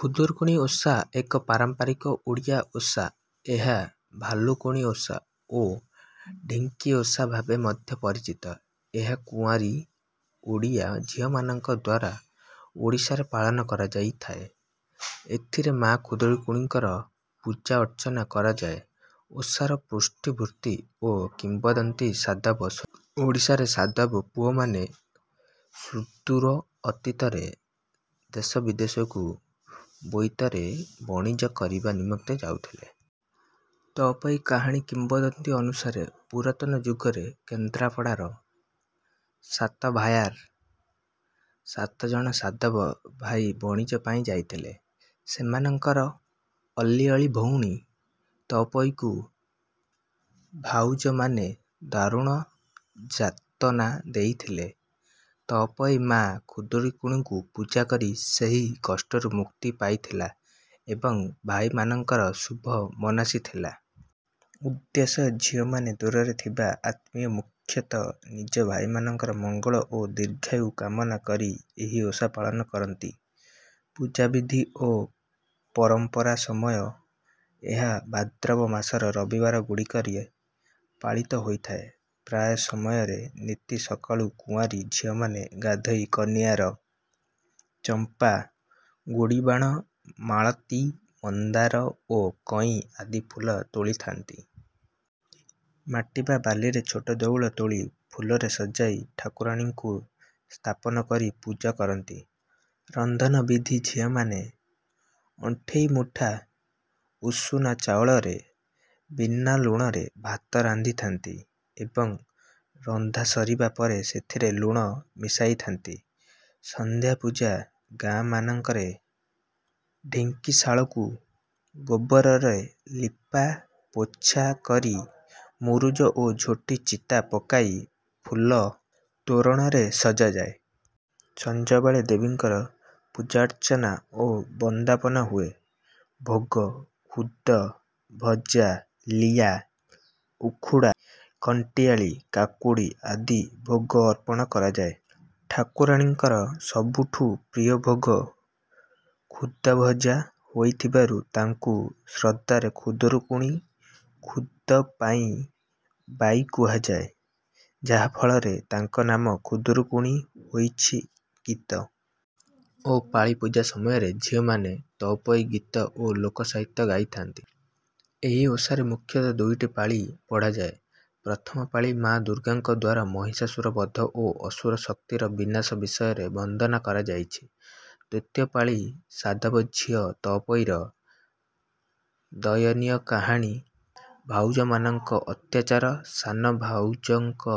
ଖୁଦୁରୁକୁଣି ଓଷା ଏକ ପାରମ୍ପାରିକ ଓଡ଼ିଆ ଓଷା। ଏହା 'ଭାଲୁକୁଣି ଓଷା' ଓ 'ଢିଙ୍କି ଓଷା' ଭାବେ ମଧ୍ୟ ପରିଚିତ। ଏହା କୁଆଁରୀ ଓଡ଼ିଆ ଝିଅମାନଙ୍କ ଦ୍ୱାରା ଓଡ଼ିଶାରେ ପାଳନ କରାଯାଇଥାଏ। ଏଥିରେ ମା' ଖୁଦୁରୁକୁଣିଙ୍କର ପୂଜା-ଅର୍ଚ୍ଚନା କରାଯାଏ। ଓଷାର ପୃଷ୍ଠଭୂମି ଓ କିମ୍ବଦନ୍ତୀ ସାଧବ ସଂସ୍କୃତି ଓଡ଼ିଶାରେ ସାଧବ ପୁଅମାନେ ସୁଦୂର ଅତୀତରେ ଦେଶବିଦେଶକୁ ବୋଇତରେ ବଣିଜ କରିବା ନିମନ୍ତେ ଯାଉଥିଲେ। ତଅପୋଇ କାହାଣୀ କିମ୍ବଦନ୍ତୀ ଅନୁସାରେ ପୁରାତନ ଯୁଗରେ କେନ୍ଦ୍ରାପଡ଼ାର ସାତଭାୟାର ସାତଜଣ ସାଧବ ଭାଇ ବଣିଜ ପାଇଁ ଯାଇଥିଲେ। ସେମାନଙ୍କର ଅଲିଅଳି ଭଉଣୀ ତଅପୋଇକୁ ଭାଉଜମାନେ ଦାରୁଣ ଯାତନା ଦେଇଥିଲେ। ତଅପୋଇ ମା' ଖୁଦୁରୁକୁଣିଙ୍କୁ ପୂଜା କରି ସେହି କଷ୍ଟରୁ ମୁକ୍ତି ପାଇଥିଲା ଏବଂ ଭାଇମାନଙ୍କର ଶୁଭ ମନାସିଥିଲା। ଉଦ୍ଦେଶ୍ୟ ଝିଅମାନେ ଦୂରରେ ଥିବା ଆତ୍ମୀୟ, ମୁଖ୍ୟତଃ ନିଜ ଭାଇମାନଙ୍କର ମଙ୍ଗଳ ଓ ଦୀର୍ଘାୟୁ କାମନା କରି ଏହି ଓଷା ପାଳନ କରନ୍ତି। ପୂଜାବିଧି ଓ ପରମ୍ପରାସମୟ ଏହା ଭାଦ୍ରବ ମାସର ରବିବାରଗୁଡ଼ିକରେ ପାଳିତ ହୋଇଥାଏ। ପ୍ରାୟେ ସମୟର ନୀତି ସକାଳୁ କୁଆଁରୀ ଝିଅମାନେ ଗାଧୋଇ କନିଅର, ଚମ୍ପା, ଗୋଡ଼ିବାଣ, ମାଳତୀ, ମନ୍ଦାର ଓ କଇଁ ଆଦି ଫୁଲ ତୋଳିଥାନ୍ତି। ମାଟି ବା ବାଲିରେ ଛୋଟ ଦେଉଳ ତୋଳି, ଫୁଲରେ ସଜାଇ ଠାକୁରାଣୀଙ୍କୁ ସ୍ଥାପନ କରି ପୂଜା କରନ୍ତି। ରନ୍ଧନ ବିଧି ଝିଅମାନେ ଅଣ୍ଠେଇ ମୁଠା ଉଷୁନା ଚାଉଳରେ ବିନା ଲୁଣରେ ଭାତ ରାନ୍ଧିଥାନ୍ତି ଏବଂ ରନ୍ଧା ସରିବା ପରେ ସେଥିରେ ଲୁଣ ମିଶାଇଥାନ୍ତି। ସନ୍ଧ୍ୟା ପୂଜା ଗାଁମାନଙ୍କରେ ଢିଙ୍କିଶାଳକୁ ଗୋବରରେ ଲିପାପୋଛା କରି, ମୁରୁଜ ଓ ଝୋଟି ଚିତା ପକାଇ, ଫୁଲ ତୋରଣରେ ସଜାଯାଏ। ସଞ୍ଜବେଳେ ଦେବୀଙ୍କର ପୂଜାର୍ଚ୍ଚନା ଓ ବନ୍ଦାପନା ହୁଏ। ଭୋଗ ଖୁଦ ଭଜା, ଲିଆ, ଉଖୁଡ଼ା, କଣ୍ଟିଆଳି କାକୁଡ଼ି ଆଦି ଭୋଗ ଅର୍ପଣ କରାଯାଏ। ଠାକୁରାଣୀଙ୍କର ସବୁଠୁ ପ୍ରିୟ ଭୋଗ 'ଖୁଦଭଜା' ହୋଇଥିବାରୁ ତାଙ୍କୁ ଶ୍ରଦ୍ଧାରେ ଖୁଦରଙ୍କୁଣି, ଖୁଦ ପାଇଁ ବାଇ କୁହାଯାଏ, ଯାହାଫଳରେ ତାଙ୍କ ନାମ 'ଖୁଦୁରୁକୁଣି' ହୋଇଛି। ଗୀତ ଓ ପାଳି ପୂଜା ସମୟରେ ଝିଅମାନେ 'ତଅପୋଇ ଗୀତ' ଲୋକସାହିତ୍ୟ ଗାଇଥାନ୍ତି। ଏହି ଓଷାରେ ମୁଖ୍ୟତଃ ଦୁଇଟି ପାଳି ପଢ଼ାଯାଏ। ପ୍ରଥମ ପାଳି ମା' ଦୁର୍ଗାଙ୍କ ଦ୍ୱାରା ମହିଷାସୁର ବଧ ଓ ଅସୁର ଶକ୍ତିର ବିନାଶ ବିଷୟରେ ବର୍ଣ୍ଣନା କରାଯାଇଛି। ଦ୍ୱିତୀୟ ପାଳି ସାଧବ ଝିଅ ତଅପୋଇର ଦୟନୀୟ କାହାଣୀ, ଭାଉଜମାନଙ୍କ ଅତ୍ୟାଚାର, ସାନ ଭାଉଜଙ୍କ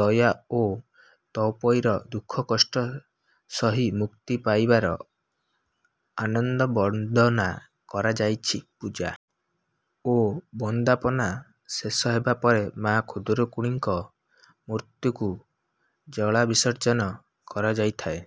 ଦୟା ଓ ତଅପୋଇର ଦୁଃଖକଷ୍ଟ ସହି ମୁକ୍ତି ପାଇବାର ଆନନ୍ଦ ବର୍ଣ୍ଣନା କରାଯାଇଛି। ପୂଜା ଓ ବନ୍ଦାପନା ଶେଷ ହେବା ପରେ ମା' ଖୁଦୁରୁକୁଣିଙ୍କ ମୂର୍ତ୍ତିକୁ ଜଳ-ବିସର୍ଜନ କରାଯାଇଥାଏ।